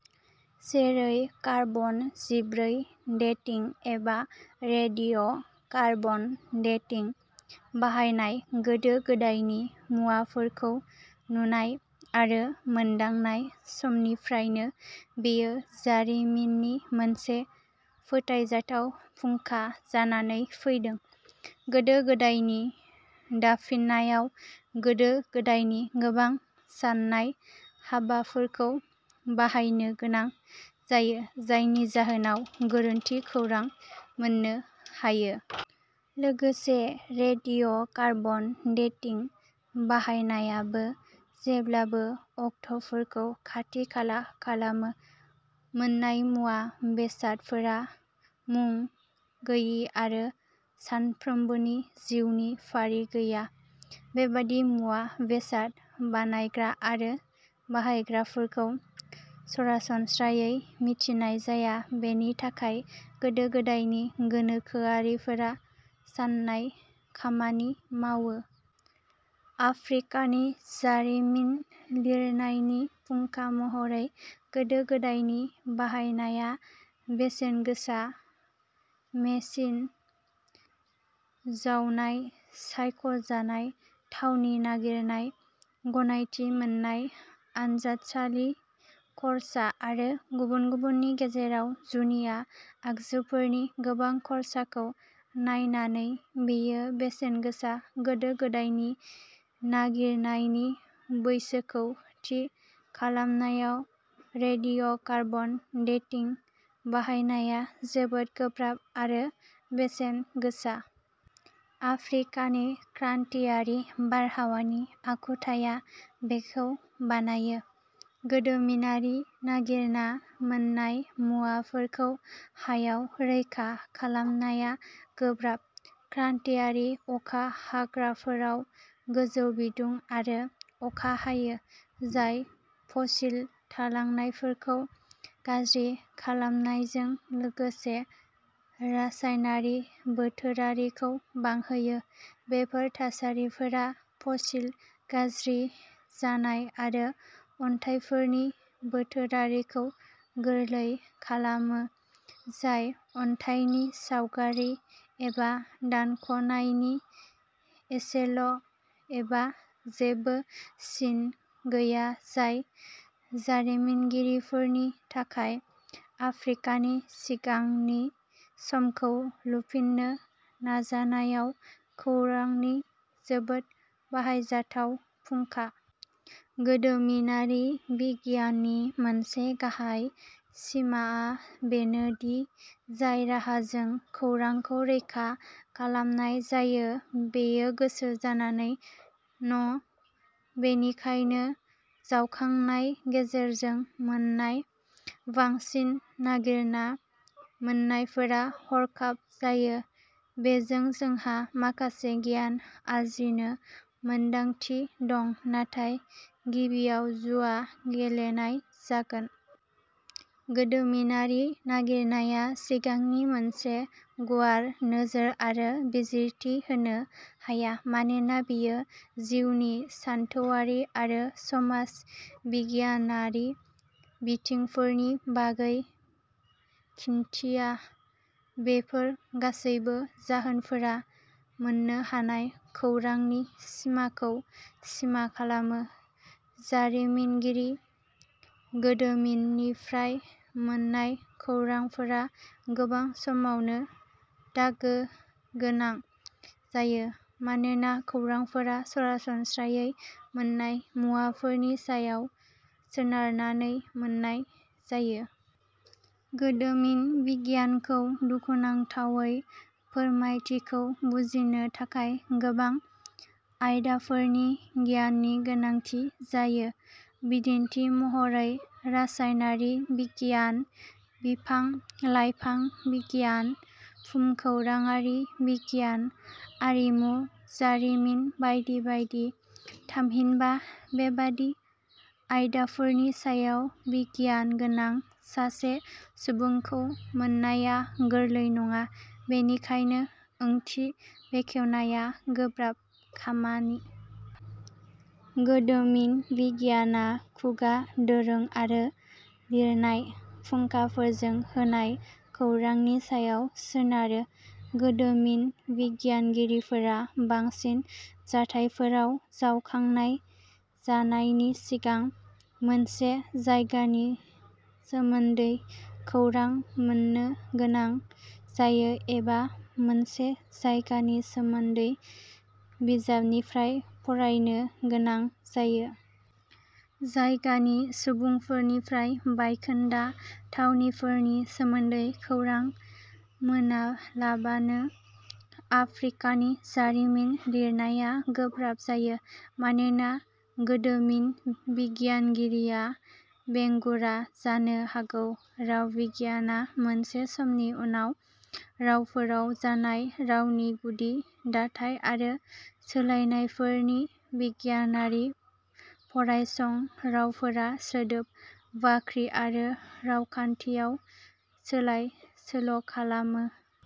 जेरै कार्बन जिब्रै डेटिं एबा रेडिय' कार्बन डेटिं बाहायनाय। गोदो-गोदायनि मुवाफोरखौ नुनाय आरो मोनदांनाय समनिफ्रायनो बेयो जारिमिननि मोनसे फोथायजाथाव फुंखा जानानै फैदों। गोदो गोदायनि दाफिननायाव गोदो गोदायनि गोबां सान्नाय हाबाफोरखौ बाहायनो गोनां जायो जायनि जाहोनाव गोरोन्थि खौरां मोननो हायो। लोगोसे रेडिय' कार्बन डेटिं बाहायनायाबो जेब्लाबो अक्ट'फोरखौ खाथि खाला खालामो। मोन्नाय मुवा बेसादफोरा मुं गोयि आरो सानफ्रोमबोनि जिउनि फारि गैया। बेबादि मुवा बेसाद बानायग्रा आरो बाहायग्राफोरखौ सरासनस्रायै मिथिनाय जाया। बेनि थाखाय गोदो गोदायनि गोनोखोआरिफोरा सान्नाय खामानि मावो। आफ्रिकानि जारिमिन लिरनायनि फुंखा महरै गोदो गोदायनि बाहायनाया बेसेन गोसा। मेसिन जावनाय सायख'जानाय थावनि नागिरनाय गनायथि मोन्नाय आनजादसालि खर्सा आरो गुबुन गुबुननि गेजेराव जुनिया आगजुफोरनि गोबां खर्साखौ नायनानै बेयो बेसेन गोसा। गोदो गोदायनि नागिरनायनि बैसोखौ थि खालामनायाव रेडिय'कार्बन डेटिं बाहायनाया जोबोद गोब्राब आरो बेसेन गोसा। आफ्रिकानि क्रान्तियारि बारहावानि आखुथाया बेखौ बानायो। गोदोमिनारि नागिरना मोन्नाय मुवाफोरखौ हायाव रैखा खालामनाया गोब्राब। क्रान्तियारि अखा हाग्राफोराव गोजौ बिदुं आरो अखा हायो जाय फसिल थालांनायफोरखौ गाज्रि खालामनायजों लोगोसे रासायनारि बोथोरारिखौ बांहोयो। बेफोर थासारिफोरा फसिल गाज्रि जानाय आरो अन्थाइफोरनि बोथोरारिखौ गोरलै खालामो जाय अन्थाइनि सावगारि एबा दानख'नायनि एसेल एबा जेबो सिन गैया जाय जारिमिनगिरिफोरनि थाखाय आफ्रिकानि सिगांनि समखौ लुफिननो नाजानायाव खौरांनि जोबोद बाहायजाथाव फुंखा। गोदोमिनारि बिगियाननि मोनसे गाहाय सिमाआ बेनो दि जाय राहाजों खौरांखौ रैखा खालामनाय जायो बेयो गोसो जानानै नङ बेनिखायनो जावखांनाय गेजेरजों मोन्नाय बांसिन नागिरना मोन्नायफोरा हरखाब जायो। बेजों जोंहा माखासे गियान आरजिनो मोनदांथि दं नाथाय गिबियाव'जुवा गेलेनाय जागोन। गोदोमिनारि नागिरनाया सिगांनि मोनसे गुवार नोजोर आरो बिजिरथि होनो हाया मानोना बेयो जिउनि सानथौआरि आरो समाज बिगियानारि बिथिंफोरनि बागै खिन्थिया। बेफोर गासैबो जाहोनफोरा मोननो हानाय खौरांनि सिमाखौ सिमा खालामो। जारिमिनगिरि। गोदोमिननिफ्राय मोन्नाय खौरांफोरा गोबां समावनो दागो गोनां जायो मानोना खौरांफोरा सरासनस्रायै मोन्नाय मुवाफोरनि सायाव सोनारनानै मोन्नाय जायो। गोदोमिन बिगियानखौ दुखुनांथावै फोरमायथिखौ बुजिनो थाखाय गोबां आयदाफोरनि गियाननि गोनांथि जायो। बिदिन्थि महरै रासायनारि बिगियान बिफां लाइफां बिगियान भुमखौराङारि बिगियान आरिमु जारिमिन बायदि बायदि। थामहिनबा बेबादि आयदाफोरनि सायाव गियान गोनां सासे सुबुंखौ मोननाया गोरलै नङा बेनिखायनो ओंथि बेखेवनाया गोब्राब खामानि। गोदोमिन बिगियानआ खुगा दोरों आरो लिरनाय फुंखाफोरजों होनाय खौरांनि सायाव सोनारो। गोदोमिन बिगियानगिरिफोरा बांसिन जाथायफोराव जावखांनाय जानायनि सिगां मोनसे जायगानि सोमोन्दै खौरां मोन्नो गोनां जायो एबा मोनसे जायगानि सोमोन्दै बिजाबनिफ्राय फरायनो गोनां जायो। जायगानि सुबुंफोरनिफ्राय बायखोन्दा थावनिफोरनि सोमोन्दै खौरां मोनालाबानो आफ्रिकानि जारिमिन लिरनाया गोब्राब जायो मानोना गोदोमिन बिगियानगिरिया बेंगुरा जानो हागौ। राव बिगियानआ मोनसे समनि उनाव रावफोराव जानाय रावनि गुदि दाथाय आरो सोलायनायफोरनि बिगियानारि फरायसं। रावफोरा सोदोब बाख्रि आरो रावखान्थियाव सोलाय सोल'खालामो।